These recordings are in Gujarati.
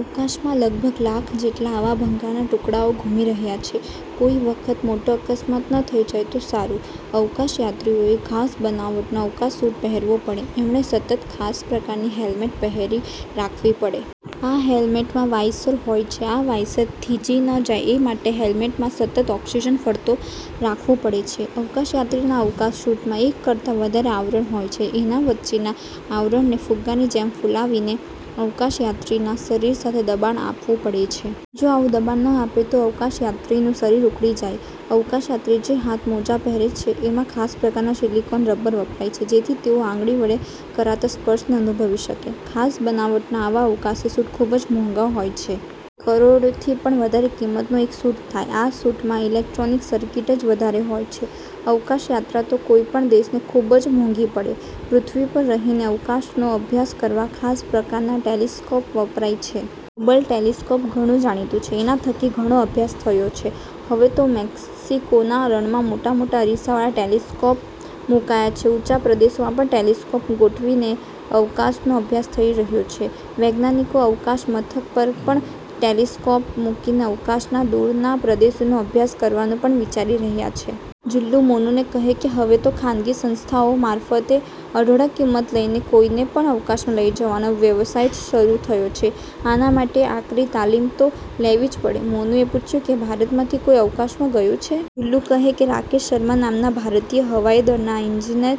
અવકાશમાં લગભગ લાખ જેટલા આવા ભંગારના ટુકડાઓ ઘૂમી રહ્યા છે. કોઈ વખત મોટો અકસ્માત ન થઇ જાય તો સારું! અવકાશયાત્રીઓએ ખાસ બનાવટનો અવકાશ સુટ પહેરવો પડે. એમણે સતત ખાસ પ્રકારની હેલ્મેટ પહેરી રાખવી પડે. આ હેલ્મેટમાં વાઈસર હોય છે।. આ વાઈસર થીજી ન જાય એ માટે હેલ્મેટમાં સતત ઓક્સીજન ફરતો રાખવો પડે છે. અવકાશયાત્રીના અવકાશ સુટમાં એક કરતાં વધારે આવરણ હોય છે. એના વચ્ચેના આવરણને ફુગ્ગાની જેમ ફુલાવીને અવકાશયાત્રીના શરીર સાથે દબાણ આપવું પડે છે. જો આવું દબાણ ન આપે તો અવકાશયાત્રીનું શરીર ઉકળી જાય. અવકાશયાત્રી જે હાથ મોજાં પહેરે છે એમાં ખાસ પ્રકારના સીલીકોન રબર વપરાય છે જેથી તેઓ આંગળી વડે કરાતા સ્પર્શને અનુભવી શકે. ખાસ બનાવટના આવા અવકાશી સુટ ખુબ જ મોંઘા હોય છે. કરોડથી પણ વધારે કિંમતનો એક સુટ થાય! આ સુટ માં ઈલેક્ટ્રોનિક સર્કીટ જ વધારે હોય છે. અવકાશયાત્રા તો કોઈ પણ દેશને ખુબ જ મોંઘી પડે. પૃથ્વી પર રહીને અવકાશનો અભ્યાસ કરવા ખાસ પ્રકારના ટેલીસ્કોપ વપરાય છે. હબલ ટેલીસ્કોપ ઘણું જાણીતું છે. એના થકી ઘણો અભ્યાસ થયો છે. હવે તો મેક્સિકોના રણમાં મોટા મોટા અરીસા વાળા ટેલીસ્કોપ મુકાયા છે. ઊંચા પ્રદેશોમાં પણ ટેલીસ્કોપ ગોઠવીને અવકાશનો અભ્યાસ થઇ રહ્યો છે. વૈજ્ઞાનિકો અવકાશ મથક પર પણ ટેલીસ્કોપ મુકીને અવકાશના દુરના પ્રદેશનો અભ્યાસ કરવાનું પણ વિચારી રહ્યા છે. જુલ્લુ મોનુને કહે કે હવે તો ખાનગી સંસ્થાઓ મારફતે અઢળક કિંમત લઈને કોઈને પણ અવકાશમાં લઇ જવાનો વ્યવસાય જ શરુ થયો છે. આના માટે આકરી તાલીમ તો લેવી જ પડે. મોનુએ પૂછ્યું કે ભારતમાંથી કોઈ અવકાશમાં ગયું છે? જુલ્લુ કહે કે રાકેશ શર્મા નામના ભારતીય હવાઈદળના ઈજનેર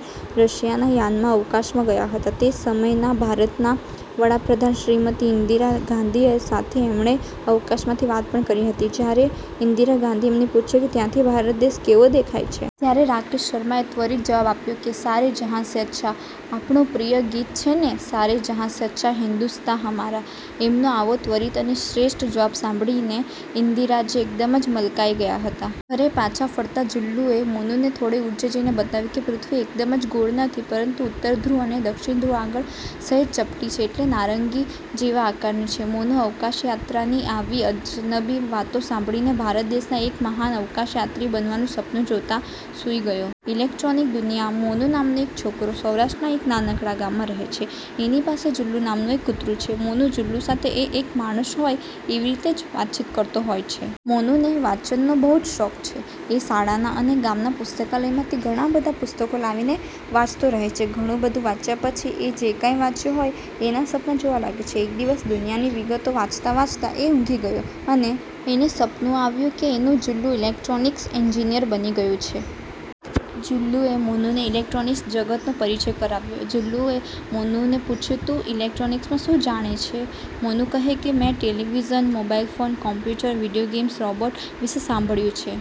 રશિયાના યાનમાં અવકાશમાં ગયા હતા. તે સમયના ભારતના વડાપ્રધાન શ્રીમતી ઇન્દિરા ગાંધી સાથે એમણે અવકાશમાંથી વાત પણ કરી હતી. જયારે ઇન્દિરા ગાંધીએ એમને પૂછ્યું કે "ત્યાંથી ભારત દેશ કેવો દેખાય છે? " ત્યારે રાકેશ શર્માએ ત્વરિત જવાબ આપ્યો કે, "સારે જહાં સે અચ્છા... ". આપણું પ્રિય ગીત છે ને? "સારે જહાં સે અચ્છા હિંદુસ્તા હમારા... ". એમનો આવો ત્વરિત અને શ્રેષ્ઠ જવાબ સાંભળીને ઈન્દિરાજી એકદમ જ મલકાઈ ગયાં હતાં. ઘરે પાછા ફરતાં જુલ્લુએ મોનુને થોડે ઉંચે જઈને બતાવ્યું કે પૃથ્વી એકદમ જ ગોળ નથી પરંતુ ઉત્તર ધ્રુવ અને દક્ષિણ ધ્રુવ આગળ સહેજ ચપટી છે એટલે નારંગી જેવા આકારની છે! મોનુ અવકાશ યાત્રાની આવી અજનબી વાતો સાંભળીને ભારત દેશના એક મહાન અવકાશ યાત્રી બનવાનું સપનું જોતાં સુઈ ગયો. ઈલેક્ટ્રોનિક દુનિયા મોનુ નામનો એક છોકરો સૌરાષ્ટ્રના એક નાનકડા ગામમાં રહે છે. એની પાસે જુલ્લુ નામનું એક કૂતરું છે. મોનુ જુલ્લુ સાથે એ એક માણસ હોય એવી રીતે જ વાતચીત કરતો હોય છે. મોનુને વાંચનનો બહુ જ શોખ છે. એ શાળાના અને ગામના પુસ્તકાલયમાંથી ઘણાં બધાં પુસ્તકો લાવીને વાંચતો રહે છે. ઘણું બધું વાંચ્યા પછી એ જે કાંઈ વાંચ્યું હોય એનાં સપનાં જોવા લાગે છે. એક દિવસ દુનિયાની વિગતો વાંચતાં વાંચતાં એ ઊંઘી ગયો અને એને સપનું આવ્યું કે એનું જુલ્લુ ઇલેક્ટ્રોનીક્સ એન્જીનીયર બની ગયું છે! જુલ્લુએ મોનુને ઇલેક્ટ્રોનીક્સ જગતનો પરિચય કરાવ્યો. જુલ્લુએ મોનુને પૂછ્યું: "તું ઈલેક્ટ્રોનિકસમાં શું જાણે છે? " મોનુ કહે કે, "મેં television, mobile phone, computer, video games, robot વિષે સાંભળ્યું છે.